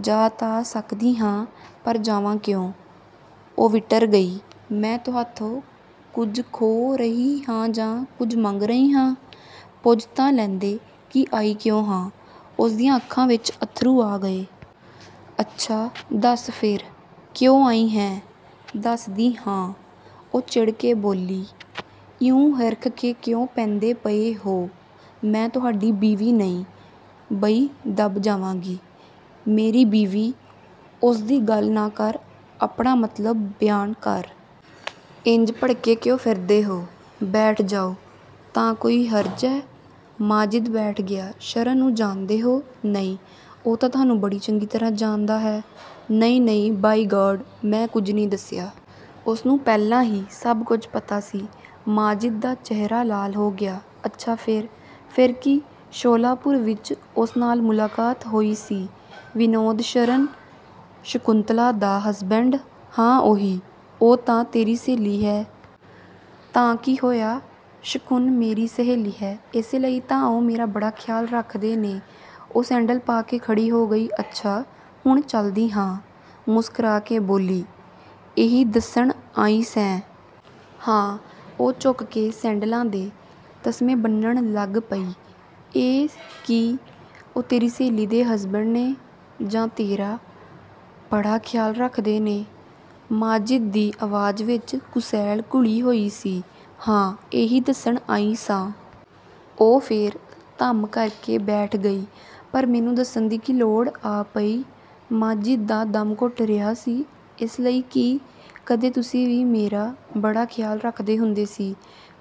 "ਜਾ ਤਾਂ ਸਕਦੀ ਹਾਂ, ਪਰ ਜਾਵਾਂ ਕਿਉਂ?" ਉਹ ਵਿਟਰ ਗਈ, "ਮੈਂ ਤੁਹਾਥੋਂ ਕੁਝ ਖੋਹ ਰਹੀ ਹਾਂ ਜਾਂ ਕੁਝ ਮੰਗ ਰਹੀ ਹਾਂ? ਪੁੱਛ ਤਾਂ ਲੈਂਦੇ ਕਿ ਆਈ ਕਿਉਂ ਹਾਂ?" ਉਸ ਦੀਆਂ ਅੱਖਾਂ ਵਿੱਚ ਅੱਥਰੂ ਆ ਗਏ। "ਅੱਛਾ ਦੱਸ ਫਿਰ, ਕਿਉਂ ਆਈ ਹੈਂ?" "ਦੱਸਦੀ ਹਾਂ," ਉਹ ਚਿੜ ਕੇ ਬੋਲੀ, "ਇਉਂ ਹਿਰਖ ਕੇ ਕਿਉਂ ਪੈਂਦੇ ਪਏ ਹੋ? ਮੈਂ ਤੁਹਾਡੀ ਬੀਵੀ ਨਹੀਂ, ਬਈ ਦਬ ਜਾਵਾਂਗੀ?" "ਮੇਰੀ ਬੀਵੀ, ਉਸਦੀ ਗੱਲ ਨਾ ਕਰ, ਆਪਣਾ ਮਤਲਬ ਬਿਆਨ ਕਰ।" "ਇੰਜ ਭੜਕੇ ਕਿਉਂ ਫਿਰਦੇ ਹੋ! ਬੈਠ ਜਾਓ, ਤਾਂ ਕੋਈ ਹਰਜ਼ ਹੈ?" ਮਾਜਿਦ ਬੈਠ ਗਿਆ। "ਸ਼ਰਨ ਨੂੰ ਜਾਣਦੇ ਹੋ?" "ਨਹੀਂ।" "ਉਹ ਤਾਂ ਤੁਹਾਨੂੰ ਬੜੀ ਚੰਗੀ ਤਰ੍ਹਾਂ ਜਾਣਦਾ ਹੈ, ਨਹੀਂ-ਨਹੀਂ, ਬਾਈ-ਗਾਡ ਮੈਂ ਕੁਝ ਨਹੀਂ ਦੱਸਿਆ। ਉਸਨੂੰ ਪਹਿਲਾਂ ਹੀ ਸਭ ਕੁਝ ਪਤਾ ਸੀ।" ਮਾਜਿਦ ਦਾ ਚਿਹਰਾ ਲਾਲ ਹੋ ਗਿਆ। "ਅੱਛਾ ਫਿਰ?" "ਫਿਰ ਕੀ? ਸ਼ੋਲਾਪੁਰ ਵਿੱਚ ਉਸ ਨਾਲ ਮੁਲਾਕਾਤ ਹੋਈ ਸੀ।" "ਵਿਨੋਦ ਸ਼ਰਨ, ਸ਼ਕੁੰਤਲਾ ਦਾ ਹਸਬੈਂਡ?" "ਹਾਂ-ਉਹੀ।" "ਉਹ ਤਾਂ ਤੇਰੀ ਸਹੇਲੀ ਹੈ?" "ਤਾਂ ਕੀ ਹੋਇਆ? ਸ਼ਕੁਨ ਮੇਰੀ ਸਹੇਲੀ ਹੈ। ਇਸੇ ਲਈ ਤਾਂ ਉਹ ਮੇਰਾ ਬੜਾ ਖ਼ਿਆਲ ਰੱਖਦੇ ਨੇ," ਉਹ ਸੈਂਡਲ ਪਾ ਕੇ ਖੜੀ ਹੋ ਗਈ, "ਅੱਛਾ ਹੁਣ ਚਲਦੀ ਹਾਂ।" ਮੁਸਕਰਾ ਕੇ ਬੋਲੀ। "ਇਹੀ ਦੱਸਣ ਆਈ ਸੈਂ?" "ਹਾਂ।" ਉਹ ਝੁਕ ਕੇ ਸੈਂਡਲਾਂ ਦੇ ਤਸਮੇ ਬੰਨ੍ਹਣ ਲੱਗ ਪਈ। "ਇਹ ਕਿ ਉਹ ਤੇਰੀ ਸਹੇਲੀ ਦੇ ਹਸਬੈਂਡ ਨੇ? ਜਾਂ ਤੇਰਾ ਬੜਾ ਖ਼ਿਆਲ ਰੱਖਦੇ ਨੇ?" ਮਾਜਿਦ ਦੀ ਆਵਾਜ਼ ਵਿੱਚ ਕੁਸੈਲ ਘੁਲੀ ਹੋਈ ਸੀ। "ਹਾਂ, ਇਹੀ ਦੱਸਣ ਆਈ ਸਾਂ।" ਉਹ ਫਿਰ 'ਧੱਮ' ਕਰਕੇ ਬੈਠ ਗਈ। "ਪਰ ਮੈਨੂੰ ਦੱਸਣ ਦੀ ਕੀ ਲੋੜ ਆ ਪਈ?" ਮਾਜਿਦ ਦਾ ਦਮ ਘੁੱਟ ਰਿਹਾ ਸੀ। "ਇਸ ਲਈ ਕਿ ਕਦੇ ਤੁਸੀਂ ਵੀ ਮੇਰਾ ਬੜਾ ਖ਼ਿਆਲ ਰੱਖਦੇ ਹੁੰਦੇ ਸੀ।"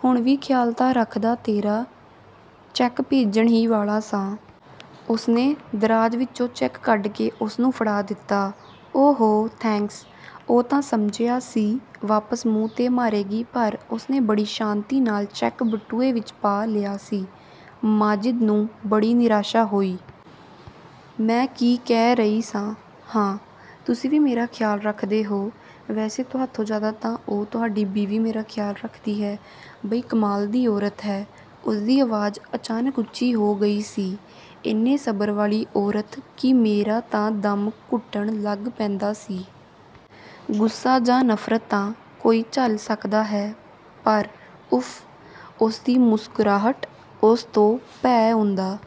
"ਹੁਣ ਵੀ ਖ਼ਿਆਲ ਤਾਂ ਰੱਖਦਾ ਤੇਰਾ, ਚੈੱਕ ਭੇਜਣ ਹੀ ਵਾਲਾ ਸਾਂ।" ਉਸਨੇ ਦਰਾਜ਼ ਵਿੱਚੋਂ ਚੈੱਕ ਕੱਢ ਕੇ ਉਸਨੂੰ ਫੜਾ ਦਿੱਤਾ। "ਓ-ਹੋ, ਥੈਂਕਸ।" ਉਹ ਤਾਂ ਸਮਝਿਆ ਸੀ ਵਾਪਸ ਮੂੰਹ 'ਤੇ ਮਾਰੇਗੀ ਪਰ ਉਸਨੇ ਬੜੀ ਸ਼ਾਂਤੀ ਨਾਲ ਚੈੱਕ ਬਟੂਏ ਵਿੱਚ ਪਾ ਲਿਆ ਸੀ। ਮਾਜਿਦ ਨੂੰ ਬੜੀ ਨਿਰਾਸ਼ਾ ਹੋਈ। "ਮੈ ਕੀ ਕਹਿ ਰਹੀ ਸਾਂ, ਹਾਂ, ਤੁਸੀਂ ਵੀ ਮੇਰਾ ਖ਼ਿਆਲ ਰੱਖਦੇ ਹੋ। ਵੈਸੇ ਤੁਹਾਥੋਂ ਜ਼ਿਆਦਾ ਤਾਂ ਉਹ, ਤੁਹਾਡੀ ਬੀਵੀ ਮੇਰਾ ਖ਼ਿਆਲ ਰੱਖਦੀ ਹੈ। ਬਈ ਕਮਾਲ ਦੀ ਔਰਤ ਹੈ!" ਉਸਦੀ ਆਵਾਜ਼ ਅਚਾਨਕ ਉੱਚੀ ਹੋ ਗਈ ਸੀ, "ਇੰਨੇ ਸਬਰ ਵਾਲੀ ਔਰਤ ਕਿ ਮੇਰਾ ਤਾਂ ਦਮ ਘੁੱਟਣ ਲੱਗ ਪੈਂਦਾ ਸੀ। ਗੁੱਸਾ ਜਾਂ ਨਫ਼ਰਤ ਤਾਂ ਕੋਈ ਝੱਲ ਸਕਦਾ ਹੈ, ਪਰ ਉਫ਼! ਉਸਦੀ ਮੁਸਕਰਾਹਟ, ਉਸ ਤੋਂ ਭੈ ਆਉਂਦਾ"